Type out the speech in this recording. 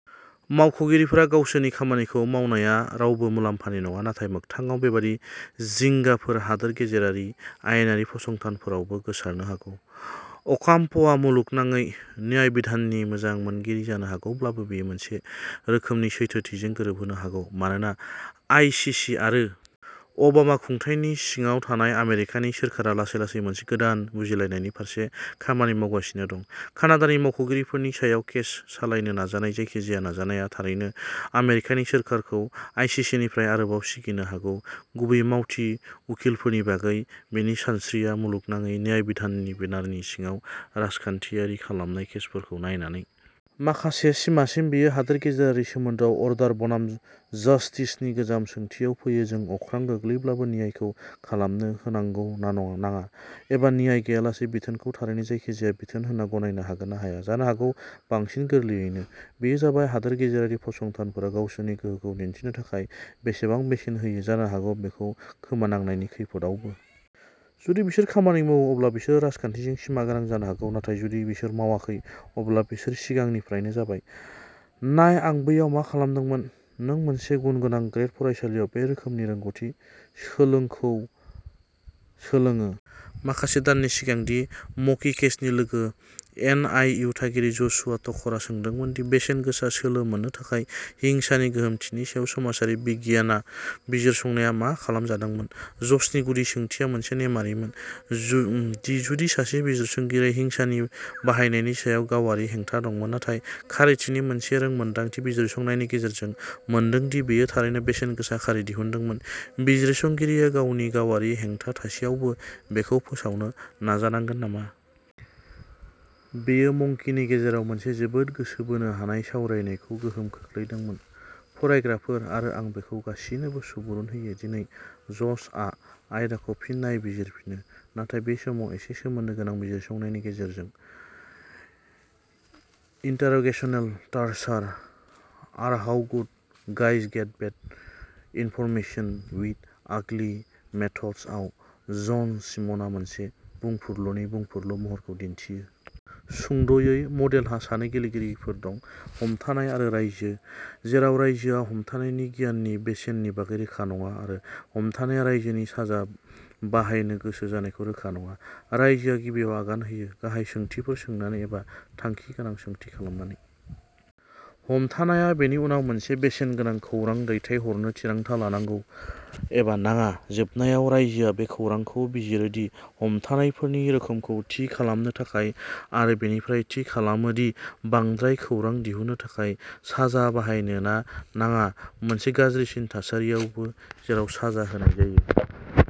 मावख'गिरिफोरा गावसोरनि खामानिखौ मावनाया रावबो मुलाम्फानि नङा। नाथाय मोगथाङाव, बेबादि जिंगाफोरा हादोर गेजेरारि आयेनारि फसंथानफोरावबो गोसारनो हागौ। अकाम्प'आ मुलुगनाङै न्यायबिधाननि मोजां मोनगिरि जानो हागौब्लाबो, बेयो मोनसे रोखोमनि सैथोथिजों गोरोबहोनो हागौ। मानोना आईसीसी आरो ओबामा खुंथायनि सिङाव थानाय आमेरिकानि सोरखारा लासै-लासै मोनसे गोदान बुजिलायनायनि फारसे खामानि मावगासिनो दं, कानाडानि मावख'गिरिफोरनि सायाव केस सालायनो नाजानाय जायखिजाया नाजानाया थारैनो आमेरिकानि सोरखारखौ आईसीसीनिफ्राय आरोबाव सिगिनो हागौ-गुबैयै "मावथि" उखिलफोरनि बागै बेनि सानस्रिनाय, मुलुगनाङै न्यायबिधाननि बेनारनि सिङाव राजखान्थियारि खालामनाय केसफोरखौ नायनानै। माखासे सिमासिम बेयो हादोर गेजेरारि सोमोन्दोआव अर्डार बनाम जस्टिस नि गोजाम सोंथियाव फैयो-जों अख्रां गोग्लैब्लाबो न्यायखौ खालामनो होनांगौ ना नाङा, एबा न्याय गैयालासे बिथोनखौ थारैनो जायखिजाया बिथोन होनना गनायनो हागोन ना हाया। जानो हागौ बांसिन गोरलैयैनो, बेयो जाबाय हादोर गेजेरारि फसंथानफोरा गावसोरनि गोहोखौ दिन्थिनो थाखाय बेसेबां बेसेन होयो जानो हागौ बेखौ खोमानांनायनि खैफोदआवबो। जुदि बिसोर खामानि मावो, अब्ला बिसोरो राजखान्थिजों सिमागोनां जानो हागौ; नाथाय जुदि बिसोर मावाखै, अब्ला बिसोर सिगांनिफ्रायनो जाबाय। नाय आं बैयाव मा खालामदोंमोन? नों मोनसे गुनगोनां ग्रेद फरायसालियाव बे रोखोमनि रोंग'थि सोलोखौ सोलोङो। माखासे दाननि सिगां दि मंकी केजनि लोगो एन वाइ इउ थागिरि जसुआ टकरआ सोंदोंमोन दि बेसेनगोसा सोलो मोननो थाखाय हिंसानि गोहोमथिनि सायाव समाजारि बिगियान बिजिरसंनाया मा खालामजादोंमोन? ज'सनि गुदि सोंथिया मोनसे नेमआरिमोन, दि जुदि सासे बिजिरसंगिरिआ हिंसानि बाहायनायनि सायाव गावारि हेंथा दंमोन, नाथाय खारिथिनि मोनसे रोंमोनदांथि बिजिरसंनायनि गेजेरजों मोनदों दि बेयो थारैनो बेसेनगोसा खारि दिहुनदोंमोन, बिजिरसंगिरिआ गावनि गावारि हेंथा थासेयावबो बेखौ फोसावनो नाजानांगोन नामा? बेयो मंकीनि गेजेराव मोनसे जोबोद गोसो बोनो हानाय सावरायनायखौ गोहोम खोख्लैदोंमोन। फरायग्राफोर, आरो आं बेखौ गासिबोनो सुबुरुन होयो। दिनै, ज'शआ आयदाखौ फिन नायबिजिरफिनो, नाथाय बे समाव एसे सोमोन्दो गोनां बिजिरसंनायनि गेजेरजों। Interrogational torture or how good guys get bad information with ugly methods आव, जन शिमनआ मोनसे बुंफुरलुनि बुंफुरलु महरखौ दिन्थियो। सुंद'यै, मडेलहा सानै गेलेगिरिफोर दं, हमथानाय आरो रायजो, जेराव रायजोआ हमथानायनि गियाननि बेसेननि बागै रोखा नङा आरो हमथानायआ रायजोनि साजा बाहायनो गोसो जानायखौ रोखा नङा। रायजोआ गिबियाव आगान होयो, गाहाय सोंथिफोर सोंनानै एबा थांखि गोनां सोंथि खालामनानै। हमथानायआ बेनि उनाव मोनसे बेसेनगोनां खौरां दैथायहरनो थिरांथा लानांगौ, एबा नाङा। जोबनायाव, रायजोआ बे खौरांखौ बिजिरो दि हमथानायफोरनि रोखोमखौ थि खालामनो थाखाय, आरो बेनिफ्राय थि खालामो दि बांद्राय खौरां दिहुननो थाखाय साजा बाहायनो ना नाङा।... मोनसे गाज्रिसिन थासारियावबो जेराव साजा होनाय जायो।